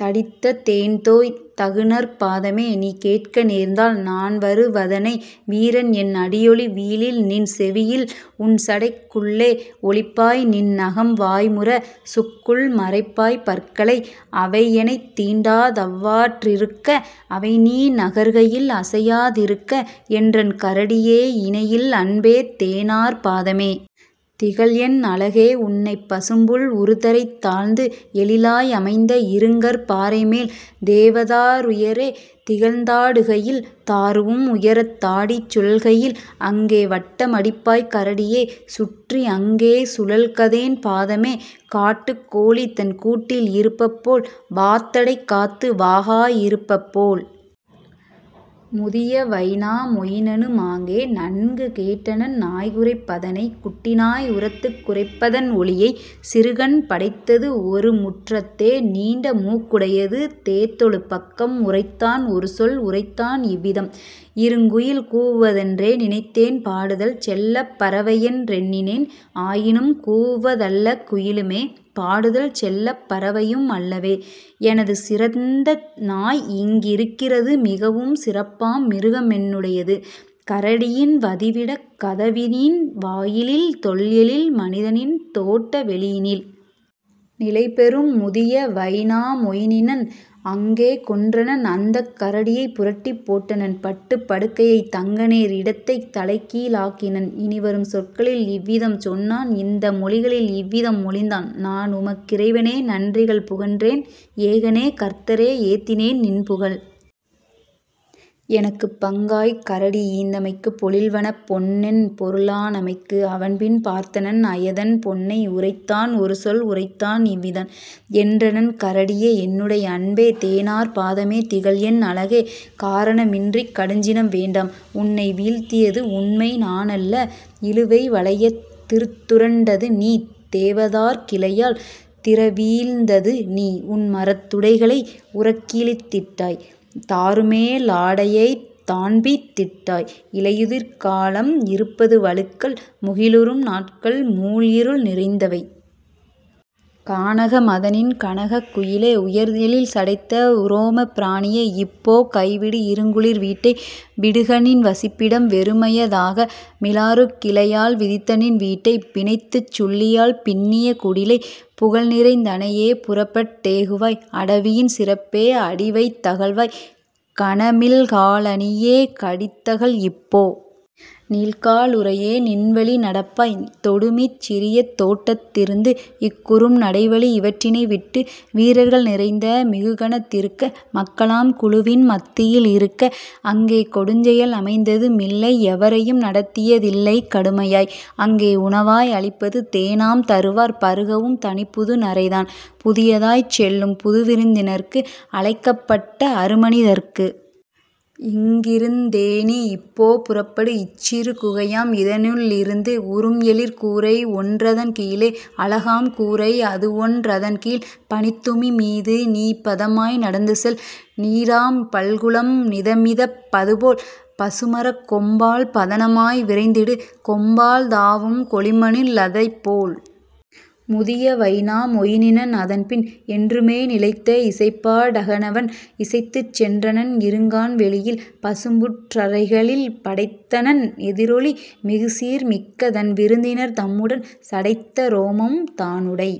தடித்த தேன்தோய் தகுநற் பாதமே! நீகேட்க நேர்ந்தால் நான்வரு வதனை வீரன்என் அடியொலி வீழில்நின் செவியில் உன்சடைக் குள்ளே ஒளிப்பாய் நின்நகம் வாய்முர சுக்குள் மறைப்பாய் பற்களை அவையெனைத் தீண்டா தவ்வா றிருக்க அவைநீ நகர்கையில் அசையா திருக்க! என்றன் கரடியே, இணையில் அன்பே! தேனார் பாதமே. திகழ்என் அழகே! உன்னைப் பசும்புல் உறுதரைத் தாழ்த்து எழிலாய் அமைந்த இருங்கற் பாறைமேல் தேவதா ருயரே திகழ்ந் தாடுகையில் தாருவும் உயரத் தாடிச் சுழல்கையில்; அங்கே வட்ட மடிப்பாய் கரடியே, சுற்றி அங்கே சுழல்கதேன் பாதமே, காட்டுக் கோழிதன் கூட்டில் இருப்பபோல் வாத்தடை காத்து வாகா யிருப்பபோல். " முதிய வைனா மொயினனு மாங்கே நன்கு கேட்டனன் நாய்குரைப் பதனை குட்டிநாய் உரத்துக் குரைப்பதன் ஒலியை சிறுகண் படைத்தது ஒருமுற் றத்தே நீண்டமூக் குடையது நேர்த்தொழுப் பக்கம் உரைத்தான் ஒருசொல் உரைத்தான் இவ்விதம்: "இருங்குயில் கூவுவ தென்றே நினைத்தேன் பாடுதல் செல்லப் பறவையென் றெண்ணினேன் ஆயினும் கூவுவ தல்லக் குயிலுமே பாடுதல் செல்லப் பறவையு மல்லவே; எனது சிறந்தநாய் இங்கிருக் கிறது மிகவும் சிறப்பாம் மிருகமென் னுடையது கரடியின் வதிவிடக் கதவினின் வாயிலில் தொல்எழில் மனிதனின் தோட்ட வெளியினில். " நிலைபெறும் முதிய வைனா மொயினன் அங்கே கொன்றனன் அந்தக் கரடியை புரட்டிப் போட்டனன் பட்டுப் படுக்கையை தங்கநேர் இடத்தைத் தலைக்கீ ழாக்கினன் இனிவரும் சொற்களில் இவ்விதம் சொன்னான் இந்த மொழிகளில் இவ்விதம் மொழிந்தான்: "நான்உமக் கிறைவனே, நன்றிகள் புகன்றேன்! ஏகனே, கர்த்தரே, ஏத்தினேன் நின்புகழ்! எனக்குப் பங்காய்க் கரடிஈந் தமைக்கு பொழில்வனப் பொன்என் பொருளா னமைக்கு! " அவன்பின் பார்த்தனன் அயதன் பொன்னை உரைத்தான் ஒருசொல் உரைத்தான் இவ்விதம்: "என்றன் கரடியே, என்னுடை அன்பே! தேனார் பாதமே, திகழ்என் அழகே! காரண மின்றிக் கடுஞ்சினம் வேண்டாம் உன்னைவீழ்த் தியது உண்மைநா னல்ல இழுவை வளையத் திருந்துருண் டதுநீ தேவதார்க் கிளையால் தீரவீழ்ந் ததுநீ உன்மரத் துடைகளை உறக்கிழித் திட்டாய் தாருமே லாடையைத் தான்பிய்த் திட்டாய்; இலையுதிர் காலம் இருப்பது வழுக்கல் முகிலுறும் நாட்கள் மூள்இருள் நிறைந்தவை. கானக மதனின் கனகக் குயிலே! உயர்எழில் சடைத்த உரோமப் பிராணியே! இப்போ கைவிடு இருங்குளிர் வீட்டை விடுகநின் வசிப்பிடம் வெறுமைய தாக மிலாறுக் கிளைகளால் விதித்தநின் வீட்டை பிணைத்துச் சுள்ளியால் பின்னிய குடிலை; புகழ்நிறைந் தனையே, புறப்பட் டேகுவாய்! அடவியின் சிறப்பே, அடிவைத் தகல்வாய்! கனமில்கா லணியே, கடிதகல் இப்போ! நீல்க்கா லுறையே, நின்வழி நடப்பாய்! தொடுமிச் சிறிய தோட்டத் திருந்து இக்குறும் நடைவழி இவற்றினை விட்டு வீரர்கள் நிறைந்த மிகுகணத் திருக்க, மக்களாம் குழுவின் மத்தியில் இருக்க. அங்கே கொடுஞ்செயல் அமைந்தது மில்லை எவரையும் நடத்திய தில்லைக் கடுமையாய்: அங்கே உணவாய் அளிப்பது தேனாம் தருவார் பருகவும் தனிப்புது நறைதான் புதிதாய்ச் செல்லும் புதுவிருந் தினர்க்கு அழைக்கப்பட்ட அருமனி தர்க்கு! இங்கிருந் தேநீ இப்போ புறப்படு இச்சிறு குகையாம் இதனுள் ளிருந்து உறும்எழிற் கூரை ஒன்றதன் கீழே அழகாம் கூரை அதுஒன் றதன்கீழ்; பனித்துமி மீதுநீ பதமாய் நடந்துசெல் நீராம் பல்குளம் நிதமிதப் பதுபோல், பசுமரக் கொம்பால் பதனமாய் விரைந்திடு கொம்பால் தாவும் கொழுமணி லதைப்போல். " முதிய வைனா மொயினன் அதன்பின் என்றுமே நிலைத்த இசைப்பா டகனவன் இசைத்துச் சென்றனன் இருங்கான் வெளியில் பசும்புற் றரைகளில் படைத்தனன் எதிரொலி மிகுசீர் மிக்கதன் விருந்தினர் தம்முடன் சடைத்த உரோமம் தானுடை